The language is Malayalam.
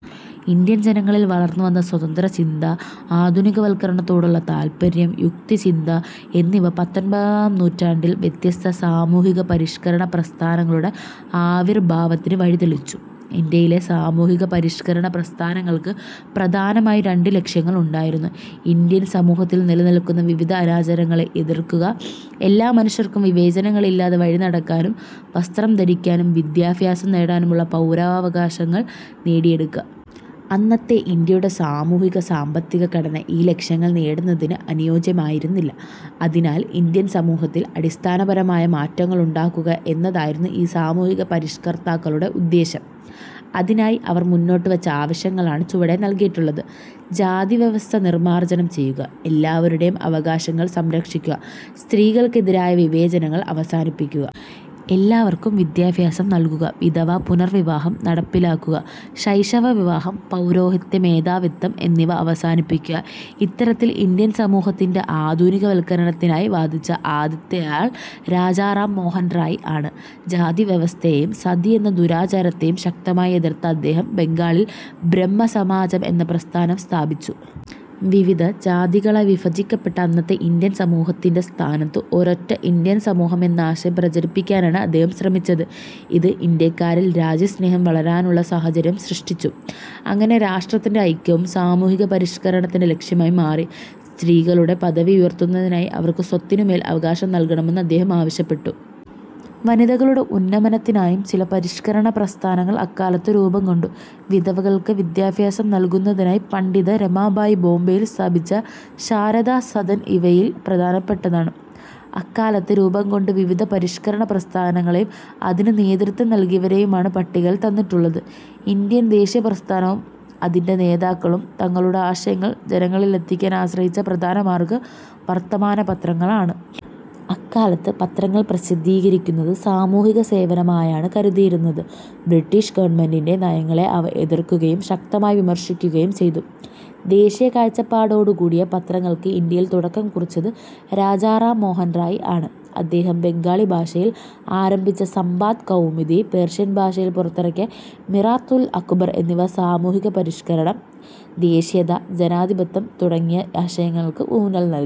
ഇന്ത്യൻ ജനങ്ങളിൽ വളർന്നുവന്ന സ്വതന്ത്രചിന്ത, ആധുനികവൽക്കരണത്തോടുള്ള താൽപ്പര്യം, യുക്തിചിന്ത എന്നിവ പത്തൊൻപതാം നൂറ്റാണ്ടിൽ വ്യത്യസ്ത സാമൂഹികപരിഷ്കരണ പ്രസ്ഥാനങ്ങളുടെ ആവിർഭാവത്തിന് വഴി തെളിച്ചു. ഇന്ത്യയിലെ സാമൂഹികപരിഷ്കരണ പ്രസ്ഥാനങ്ങൾക്ക് പ്രധാനമായും രണ്ടു ലക്ഷ്യങ്ങളുണ്ടായിരുന്നു. ഇന്ത്യൻ സമൂഹത്തിൽ നിലനിൽക്കുന്ന വിവിധ അനാചാരങ്ങളെ എതിർക്കുക. എല്ലാ മനുഷ്യർക്കും വിവേചനങ്ങളില്ലാതെ വഴിനടക്കാനും വസ്ത്രം ധരിക്കാനും വിദ്യാഭ്യാസം നേടാനുമുള്ള പൗരാവകാശങ്ങൾ നേടിയെടുക്കുക. അന്നത്തെ ഇന്ത്യയുടെ സാമൂഹിക-സാമ്പത്തിക ഘടന ഈ ലക്ഷ്യങ്ങൾ നേടുന്നതിന് അനുയോജ്യമായിരുന്നില്ല. അതിനാൽ ഇന്ത്യൻ സമൂഹത്തിൽ അടിസ്ഥാനപരമായ മാറ്റങ്ങളുണ്ടാക്കുക എന്നതായിരുന്നു ഈ സാമൂഹിക പരിഷ്കർത്താക്കളുടെ ഉദ്ദേശ്യം. അതിനായി അവർ മുന്നോട്ടുവച്ച ആവശ്യങ്ങളാണ് ചുവടെ നൽകിയിട്ടുള്ളത്. ജാതിവ്യവസ്ഥ നിർമാർജനം ചെയ്യുക. എല്ലാവരുടെയും അവകാശങ്ങൾ സംരക്ഷിക്കുക. സ്ത്രീകൾക്ക് എതിരായ വിവേചനങ്ങൾ അവസാനിപ്പിക്കുക. എല്ലാവർക്കും വിദ്യാഭ്യാസം നൽകുക. വിധവാ പുനർവിവാഹം നടപ്പിലാക്കുക. ശൈശവ വിവാഹം, പൗരോഹിത്യ മേധാവിത്വം എന്നിവ അവസാനിപ്പിക്കുക. ഇത്തരത്തിൽ ഇന്ത്യൻ സമൂഹത്തിന്റെ ആധുനികവൽക്കരണത്തിനായി വാദിച്ച ആദ്യത്തെയാൾ രാജാ റാം മോഹൻ റായ് ആണ്. ജാതിവ്യവസ്ഥയെയും 'സതി' എന്ന ദുരാചാരത്തെയും ശക്തമായി എതിർത്ത അദ്ദേഹം ബംഗാളിൽ "ബ്രഹ്മസമാജം' എന്ന പ്രസ്ഥാനം സ്ഥാപിച്ചു. വിവിധ ജാതികളായി വിഭജിക്കപ്പെട്ട അന്നത്തെ ഇന്ത്യൻ സമൂഹത്തിന്റെ സ്ഥാനത്ത് ഒരൊറ്റ ഇന്ത്യൻ സമൂഹം എന്ന ആശയം പ്രചരിപ്പിക്കാനാണ് അദ്ദേഹം ശ്രമിച്ചത്. ഇത് ഇന്ത്യക്കാരിൽ രാജ്യസ്നേഹം വളരാനുള്ള സാഹചര്യം സൃഷ്ടിച്ചു. അങ്ങനെ രാഷ്ട്രത്തിന്റെ ഐക്യവും സാമൂഹികപരിഷ്കരണത്തിന്റെ ലക്ഷ്യമായി മാറി. സ്ത്രീകളുടെ പദവി ഉയർത്തുന്നതിനായി അവർക്ക് സ്വത്തിനുമേൽ അവകാശം നൽകണമെന്ന് അദ്ദേഹം ആവശ്യപ്പെട്ടു. വനിതകളുടെ ഉന്നമനത്തിനായും ചില പരിഷ്കരണപ്രസ്ഥാനങ്ങൾ അക്കാലത്ത് രൂപംകൊണ്ടു. വിധവകൾക്ക് വിദ്യാഭ്യാസം നൽകുന്നതിനായി പണ്ഡിത രമാബായി ബോംബെയിൽ സ്ഥാപിച്ച ശാരദാ സദൻ ഇവയിൽ പ്രധാനപ്പെട്ടതാണ്. അക്കാലത്ത് രൂപം കൊണ്ട് വിവിധ പരി ഷ്കരണ പ്രസ്ഥാനങ്ങളെയും അതിന് നേതൃത്വം നൽകിയവരെയുമാണ് പട്ടികയിൽ തന്നിട്ടുള്ളത്. ഇന്ത്യൻ ദേശീയപ്രസ്ഥാനവും അതിന്റെ നേതാക്കളും തങ്ങളുടെ ആശയങ്ങൾ ജനങ്ങളിലെത്തിക്കാൻ ആശ്രയിച്ച പ്രധാനമാർഗം വർത്തമാനപത്രങ്ങളാണ്. അക്കാലത്ത് പത്രങ്ങൾ പ്രസിദ്ധീകരിക്കുന്നത് സാമൂഹികസേവനമായാണ് കരുതിയിരുന്നത്. ബ്രിട്ടീഷ് ഗവൺമെന്റിന്റെ നയങ്ങളെ അവ എതിർക്കുകയും ശക്തമായി വിമർശിക്കുകയും ചെയ്തു. ദേശീയ കാഴ്ചപ്പാടോടുകൂടിയ പത്രങ്ങൾക്ക് ഇന്ത്യയിൽ തുടക്കം കുറിച്ചത് രാജാറാം മോഹൻ റായ് ആണ്. അദ്ദേഹം ബംഗാളി ഭാഷയിൽ ആരംഭിച്ച "സംബാദ് കൗമുദി', പേർഷ്യൻ ഭാഷയിൽ പുറത്തിറക്കിയ "മിറാത് ഉൽ അക്ബർ എന്നിവ സാമൂഹികപരിഷ്കരണം, ദേശീയത, ജനാധിപത്യം തുടങ്ങിയ ആശയങ്ങൾക്ക് ഊന്നൽ നൽകി.